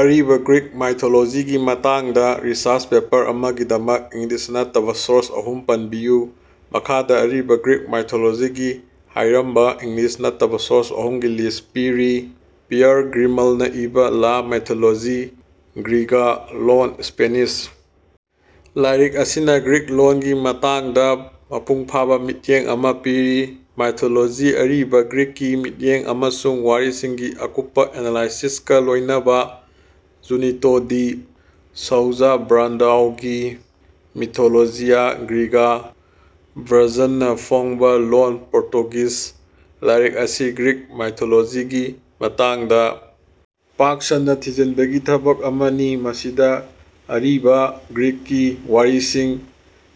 ꯑꯔꯤꯕꯥ ꯒ꯭ꯔꯤꯛ ꯃꯥꯏꯊꯣꯂꯣꯖꯤꯒꯤ ꯃꯇꯥꯡꯗ ꯔꯤꯁꯔꯁ ꯄꯦꯄꯔ ꯑꯃꯒꯤꯗꯃꯛ ꯏꯪꯂꯤꯁ ꯅꯠꯇꯕꯥ ꯁꯣꯔꯁ ꯑꯍꯨꯝ ꯄꯟꯕꯤꯌꯨ꯫ ꯃꯈꯥꯗ ꯑꯔꯤꯕꯥ ꯒ꯭ꯔꯤꯛ ꯃꯥꯏꯊꯣꯂꯣꯖꯤꯒꯤ ꯍꯤꯔꯝꯗꯥ ꯏꯪꯂꯤꯁ ꯅꯠꯇꯕꯥ ꯁꯣꯔꯁ ꯑꯍꯨꯝꯒꯤ ꯂꯤꯁ ꯑꯃ ꯄꯤꯔꯤ: ꯄꯤꯌꯔ ꯒ꯭ꯔꯤꯃꯥꯜꯅꯥ ꯏꯕꯥ "ꯂꯥ ꯃꯤꯇꯣꯂꯣꯖꯤ ꯒ꯭ꯔꯤꯒꯥ" ( ꯂꯣꯜ: ꯁ꯭ꯄꯦꯅꯤꯁ) ꯂꯥꯏꯔꯤꯛ ꯑꯁꯤꯅꯥ ꯒ꯭ꯔꯤꯛ ꯂꯣꯟꯒꯤ ꯃꯇꯥꯡꯗ ꯃꯄꯨꯡꯐꯥꯕ ꯃꯤꯠꯌꯦꯡ ꯑꯃ ꯄꯤꯔꯤ꯫ ꯃꯥꯏꯊꯣꯂꯣꯖꯤ, ꯑꯔꯤꯕꯥ ꯒ꯭ꯔꯤꯁꯀꯤ ꯃꯤꯠꯌꯦꯡ ꯑꯃꯁꯨꯡ ꯋꯥꯔꯤꯁꯤꯡꯒꯤ ꯑꯀꯨꯞꯄꯥ ꯑꯦꯅꯥꯂꯥꯏꯁꯤꯁꯀꯥ ꯂꯣꯏꯅꯅꯥ꯫ ꯖꯨꯅꯤꯇꯣ ꯗꯦ ꯁꯧꯖꯥ ꯕ꯭ꯔꯥꯟꯗꯑꯣꯒꯤ "ꯃꯤꯇꯣꯂꯣꯖꯤꯌꯥ ꯒ꯭ꯔꯦꯒꯥ", (ꯚꯣꯖꯦꯁꯅꯥ ꯐꯣꯡꯕꯥ, ꯂꯣꯜ: ꯄꯣꯔꯇꯨꯒꯤꯖ) ꯂꯥꯏꯔꯤꯛ ꯑꯁꯤ ꯒ꯭ꯔꯤꯛ ꯃꯥꯏꯊꯣꯂꯣꯖꯤꯒꯤ ꯃꯇꯥꯡꯗ ꯄꯥꯛ ꯁꯟꯅꯥ ꯊꯤꯖꯤꯟꯕꯒꯤ ꯊꯕꯛ ꯑꯃꯅꯤ, ꯃꯁꯤꯗꯥ ꯑꯔꯤꯕꯥ ꯒ꯭ꯔꯤꯁꯀꯤ ꯋꯥꯔꯤꯁꯤꯡ,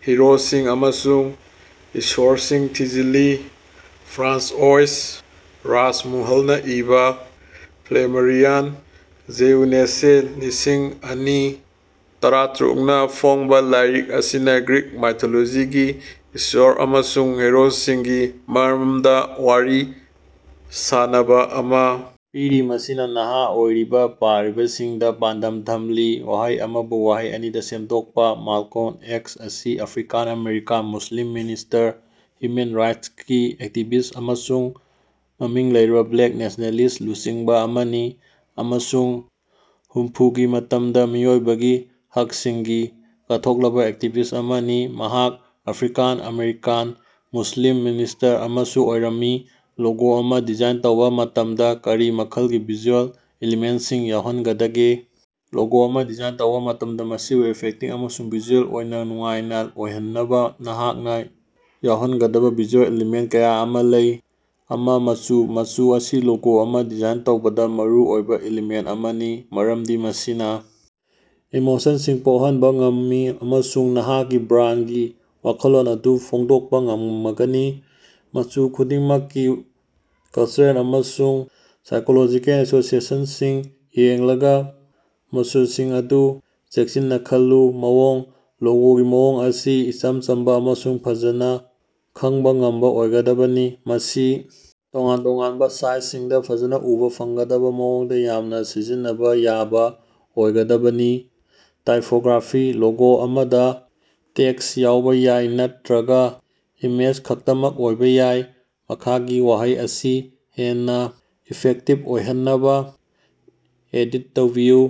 ꯍꯤꯔꯣꯁꯤꯡ ꯑꯃꯁꯨꯡ ꯏꯁ꯭ꯕꯔꯁꯤꯡ ꯊꯤꯖꯤꯜꯂꯤ꯫ ꯐ꯭ꯔꯥꯟꯁꯑꯣꯏꯁ ꯔꯥꯁꯃꯨꯍꯜꯅꯥ ꯏꯕꯥ (ꯐ꯭ꯂꯦꯃꯔꯤꯌꯟ ꯖꯦꯎꯅꯦꯁꯦ, ꯂꯤꯁꯤꯡ ꯑꯅꯤ ꯇꯔꯥꯇꯔꯨꯛꯅꯥ ꯐꯣꯡꯕꯥ) ꯂꯥꯏꯔꯤꯛ ꯑꯁꯤꯅꯥ ꯒ꯭ꯔꯤꯛ ꯃꯥꯏꯊꯣꯂꯣꯖꯤꯒꯤ ꯏꯁ꯭ꯕꯔ ꯑꯃꯁꯨꯡ ꯍꯤꯔꯣꯁꯤꯡꯒꯤ ꯃꯔꯝꯗꯥ ꯋꯥꯔꯤ ꯁꯥꯅꯕꯥ ꯑꯃꯥ ꯄꯤꯔꯤ, ꯃꯁꯤꯅꯥ ꯅꯍꯥ ꯑꯣꯏꯔꯤꯕꯥ ꯄꯥꯔꯤꯕꯁꯤꯡꯗꯥ ꯄꯥꯟꯗꯝ ꯊꯝꯂꯤ꯫ ꯋꯥꯍꯩ ꯑꯃꯕꯨ ꯋꯥꯍꯩ ꯑꯅꯤꯗꯥ ꯁꯦꯝꯗꯣꯛꯄꯥ꯫ ꯃꯥꯜꯀꯣꯝ ꯑꯦꯛꯁ ꯑꯁꯤ ꯑꯐ꯭ꯔꯤꯀꯥ-ꯑꯥꯃꯦꯔꯤꯀꯥꯟ ꯃꯨꯁꯂꯤꯝ ꯃꯟꯇ꯭ꯔꯤ, ꯍ꯭ꯌꯨꯃꯦꯟ ꯔꯥꯏꯠꯁꯀꯤ ꯑꯦꯛꯇꯤꯕꯤꯁ ꯑꯃꯁꯨꯡ ꯃꯃꯤꯡ ꯂꯩꯔꯕꯥ ꯕ꯭ꯂꯦꯛ ꯅꯦꯁ꯭ꯅꯦꯂꯤꯁ꯭ꯠ ꯂꯨꯆꯤꯡꯕꯥ ꯑꯃꯅꯤ ꯑꯃꯁꯨꯡ ꯍꯨꯝꯐꯨꯒꯤ ꯃꯇꯝꯗꯥ ꯃꯤꯑꯣꯏꯕꯒꯤ ꯍꯛꯁꯤꯡꯒꯤ ꯀꯠꯊꯣꯛꯂꯕꯥ ꯑꯦꯛꯇꯤꯕꯤꯁ ꯑꯃꯅꯤ꯫ ꯃꯍꯥꯛ ꯑꯐ꯭ꯔꯤꯀꯥꯒꯤ ꯑꯃꯦꯔꯤꯀꯥꯒꯤ ꯃꯨꯁꯂꯤꯝ ꯃꯟꯇ꯭ꯔꯤ ꯑꯃꯁꯨ ꯑꯣꯏꯔꯝꯃꯤ꯫ ꯂꯣꯒꯣ ꯑꯃ ꯗꯤꯖꯥꯏꯟ ꯇꯧꯕ ꯃꯇꯝꯗꯥ ꯀꯔꯤ ꯃꯈꯜꯒꯤ ꯚꯤꯖꯨꯑꯦꯜ ꯑꯦꯂꯤꯃꯦꯟꯁꯤꯡ ꯌꯥꯎꯍꯟꯒꯗꯒꯦ? ꯂꯣꯒꯣ ꯑꯃ ꯗꯤꯖꯥꯏꯟ ꯇꯧꯕ ꯃꯇꯝꯗꯥ, ꯃꯁꯤꯕꯨ ꯏꯐꯦꯛꯇꯤꯕ ꯑꯃꯁꯨꯡ ꯚꯤꯖꯨꯑꯦꯜ ꯑꯣꯏꯅ ꯅꯨꯡꯉꯥꯏꯕꯥ ꯑꯣꯏꯍꯟꯅꯕꯥ ꯅꯍꯥꯛꯅꯥ ꯌꯥꯎꯍꯟꯒꯗꯕꯥ ꯚꯤꯖꯨꯑꯦꯜ ꯏꯂꯤꯃꯦꯟ ꯀꯌꯥ ꯑꯃꯥ ꯂꯩ: ꯑꯃ. ꯃꯆꯨ: ꯃꯆꯨ ꯑꯁꯤ ꯂꯣꯒꯣ ꯑꯃ ꯗꯤꯖꯥꯏꯟ ꯇꯧꯕꯗꯥ ꯃꯔꯨ ꯑꯣꯏꯕ ꯏꯂꯤꯃꯦꯟ ꯑꯃꯅꯤ ꯃꯔꯝꯗꯤ ꯃꯁꯤꯅ ꯏꯃꯣꯁꯟꯁꯤꯡ ꯄꯣꯛꯍꯟꯕꯥ ꯉꯝꯃꯤ ꯑꯃꯁꯨꯡ ꯅꯍꯥꯛꯀꯤ ꯕ꯭ꯔꯥꯟꯒꯤ ꯋꯥꯈꯜꯂꯣꯟ ꯑꯗꯨ ꯐꯣꯡꯗꯣꯛꯄꯥ ꯉꯝꯃꯒꯅꯤ꯫ ꯃꯆꯨ ꯈꯨꯗꯤꯡꯃꯛꯀꯤ ꯀꯜꯆꯔꯦꯜ ꯑꯃꯁꯨꯡ ꯁꯥꯏꯀꯣꯂꯣꯖꯤꯀꯦꯜ ꯑꯦꯁꯣꯁꯤꯑꯦꯁꯟꯁꯤꯡ ꯌꯦꯡꯂꯒꯥ ꯃꯆꯨꯁꯤꯡ ꯑꯗꯨ ꯆꯦꯛꯁꯤꯟꯅꯥ ꯈꯜꯂꯨ꯫ ꯃꯑꯣꯡ: ꯂꯣꯒꯣꯒꯤ ꯃꯑꯣꯡ ꯑꯁꯤ ꯏꯆꯝ ꯆꯝꯕꯥ ꯑꯃꯁꯨꯡ ꯐꯖꯅꯥ ꯈꯪꯕꯥ ꯉꯝꯕꯥ ꯑꯣꯏꯒꯗꯕꯅꯤ꯫ ꯃꯁꯤ ꯇꯣꯉꯥꯟ-ꯇꯣꯉꯥꯟꯕꯥ ꯁꯥꯏꯖꯁꯤꯡꯗꯥ ꯐꯖꯅꯥ ꯎꯕꯥ ꯐꯪꯒꯗꯕꯥ ꯃꯑꯣꯡꯗꯥ ꯌꯥꯝꯅ ꯁꯤꯖꯤꯟꯅꯕ ꯌꯥꯕ ꯑꯣꯏꯒꯗꯕꯅꯤ꯫ ꯇꯥꯏꯄꯣꯒ꯭ꯔꯥꯐꯤ: ꯂꯣꯒꯣ ꯑꯃꯗꯥ ꯇꯦꯛꯁ ꯌꯥꯎꯕꯥ ꯌꯥꯏ ꯅꯠꯇ꯭ꯔꯒꯥ ꯏꯃꯦꯖ ꯈꯛꯇꯃꯛ ꯑꯣꯏꯕ ꯌꯥꯏ꯫ ꯃꯈꯥꯒꯤ ꯋꯥꯍꯩ ꯑꯁꯤ ꯍꯦꯟꯅꯥ ꯏꯐꯦꯛꯇꯤꯕ ꯑꯣꯏꯍꯟꯅꯕꯥ ꯑꯦꯗꯤꯠ ꯇꯧꯕꯤꯌꯨ: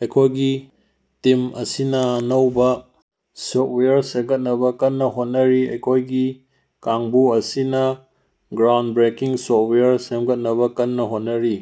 "ꯑꯩꯈꯣꯏꯒꯤ ꯇꯤꯝ ꯑꯁꯤꯅꯥ ꯑꯅꯧꯕꯥ ꯁꯣꯐꯋꯦꯌꯔ ꯁꯦꯝꯒꯠꯅꯕꯥ ꯀꯟꯅꯥ ꯍꯣꯠꯅꯔꯤ꯫" ꯑꯩꯈꯣꯏꯒꯤ ꯀꯥꯡꯕꯨ ꯑꯁꯤꯅꯥ ꯒ꯭ꯔꯥꯎꯟꯕ꯭ꯔꯦꯀꯤꯡ ꯁꯣꯐꯋꯦꯌꯔ ꯁꯦꯝꯒꯠꯅꯕꯥ ꯀꯟꯅꯥ ꯍꯣꯠꯅꯔꯤ꯫